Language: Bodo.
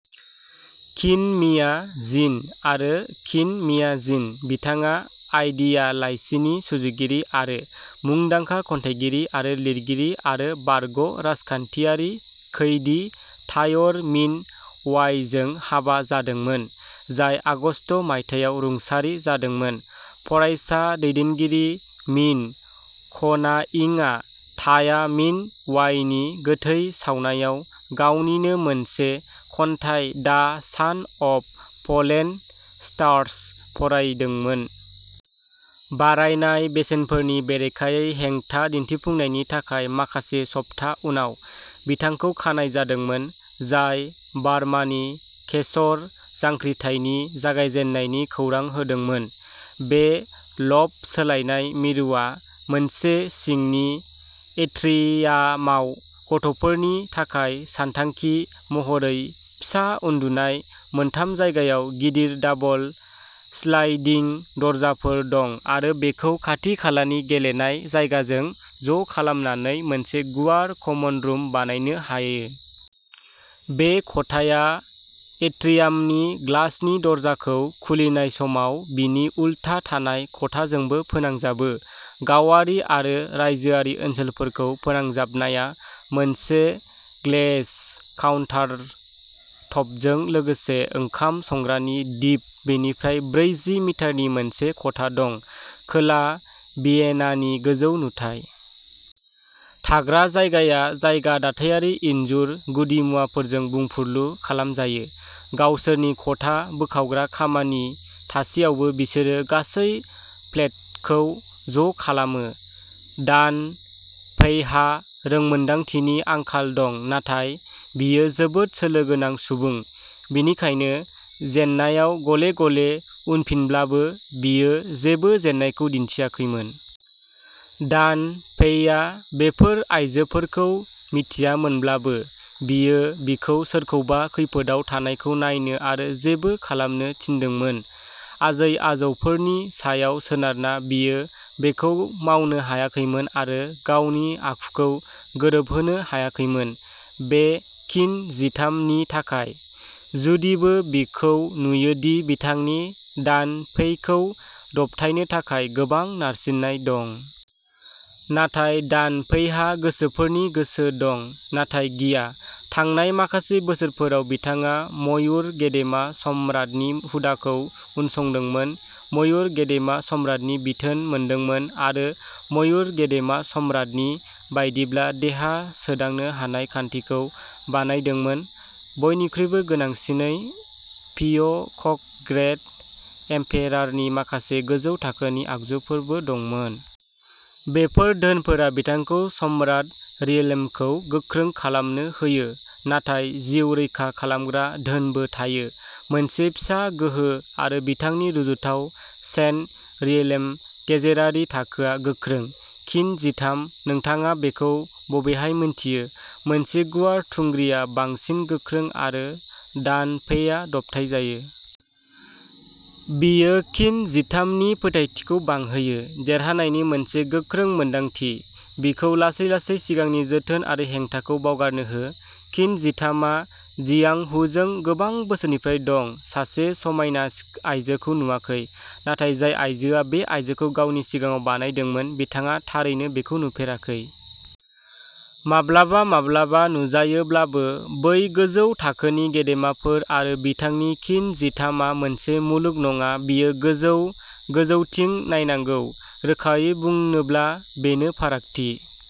खिन मिया जिन आरो खिन मिया जिन। बिथाङा आइडिया लाइसिनि सुजुगिरि आरो मुंदांखा खन्थाइगिरि आरो लिरगिरि आरो बारग' राजखान्थियारि खैदी तायर मिन अवाइजों हाबा जादोंमोन, जाय आगस्त मायथाइयाव रुंसारि जादोंमोन। फरायसा दैदेनगिरि मिन क'नाइंआ ताया मिन वाइनि गोथै सावनायाव गावनिनो मोनसे खन्थाइ दा सान अफ फलेन स्टार्स फरायदोंमोन। बारायनाय बेसेनफोरनि बेरेखायै हेंथा दिन्थिफुंनायनि थाखाय माखासे सप्ता उनाव बिथांखौ खानाय जादोंमोन, जाय बार्मानि केसर जांख्रिथायनि जागायजेन्नायनि खौरां होदोंमोन। बे लफ्ट सोलायनाय मिरुआ मोनसे सिंनि एट्रियामाव। गथ'फोरनि थाखाय सानथांखि महरै फिसा उन्दुनाय मोनथाम जायगायाव गिदिर दाबल स्लाइडिं दरजाफोर दं आरो बेखौ खाथि-खालानि गेलेनाय जायगाजों ज'खालामनानै मोनसे गुवार कमन रुम बानायनो हायो। बे खथाया एट्रियामनि ग्लासनि दरजाखौ खुलिनाय समाव बिनि उल्था थानाय खथाजोंबो फोनांजाबो। गावारि आरो रायजोआरि ओनसोलफोरखौ फोनांजाबनाया मोनसे ग्लेज्ड काउन्टारटपजों लोगोसे ओंखाम संग्रानि दिप बेनिफ्राय ब्रैजि मिटारनि मोनसे खथा दं। खोला भियेनानि गोजौ नुथाय। थाग्रा जायगाया जायगा दाथायारि इनजुर गुदिमुवाफोरजों बुंफुरलु खालामजायो। गावसोरनि खथा बोखावग्रा खामानि थासेयावबो बिसोरो गासै फ्लेटखौ ज'खालामो। दान फेइहा रोंमोन्दांथिनि आंखाल दं, नाथाय बियो जोबोद सोलो गोनां सुबुं। बेनिखायनो, जेननायाव गले-गले उनफिनब्लाबो, बेयो जेबो जेननायखौ दिन्थियाखैमोन। दान फेइआ बेफोर आइजोफोरखौ मिथियामोनब्लाबो, बियो बिखौ सोरखौबा खैफोदआव थानायखौ नायनो आरो जेबो खालामनो थिनदोंमोन, आजै-आजौफोरनि सायाव सोनारना, बियो बेखौ मावनो हायाखैमोन आरो गावनि आखुखौ गोरोबहोनो हायाखैमोन। बे किन जिथाम नि थाखाय, जुदिबो बेखौ नुयो दि बिथांनि दान फेइखौ दबथायनो थाखाय गोबां नारसिननाय दं। नाथाय दान फेइहा गोसोफोरनि गोसो दं, नाथाय गिया। थांनाय माखासे बोसोरफोराव, बिथाङा मयुर गेदेमा सम्राटनि हुदाखौ उनसंदोंमोन, मयुर गेदेमा सम्राटनि बिथोन मोनदोंमोन, आरो मयुर गेदेमा सम्राटनि बायदिब्ला देहा सोदांनो हानाय खान्थिखौ बानायदोंमोन। बयनिख्रुइबो गोनांसिनै, पिअक'क ग्रेट एम्पेरारनि माखासे गोजौ थाखोनि आगजुफोरबो दंमोन। बेफोर धोनफोरा, बिथांखौ सम्राट रियेल्मखौ गोख्रों खालामनो होयो, नाथाय जिउ रैखा खालामग्रा धोनबो थायो, मोनसे फिसा गोहो आरो बिथांनि रुजुथाव सेन्ट रियेल्म गेजेरारि थाखोआ गोख्रों। किन जिथाम, नोंथाङा बेखौ बबेहाय मिन्थियो? मोनसे गुवार थुंग्रिआ बांसिन गोख्रों आरो दान फेइआ दबथायजायो। बियो किन जिथाम नि फोथायथिखौ बांहोयो, देरहानायनि मोनसे गोख्रों मोनदांथि, बिखौ लासै-लासै सिगांनि जोथोन आरो हेंथाखौ बावगारनो हो। किन जिथाम आ जियांग हुजों गोबां बोसोरनिफ्राय दं, सासे समायना आयजोखौ नुवाखै। नाथाय जाय आइजोआ बे आयजोखौ गावनि सिगाङाव बानायदोंमोन, बिथाङा थारैनो बेखौ नुफेराखै। माब्लाबा-माब्लाबा नुजायोब्लाबो, बै गोजौ थाखोनि गेदेमाफोर आरो बिथांनि किन जिथाम आ मोनसे मुलुग नङा बेयो गोजौ, गोजौथिं नायनांगौ। रोखायै बुंनोब्ला, बेनो फारागथि।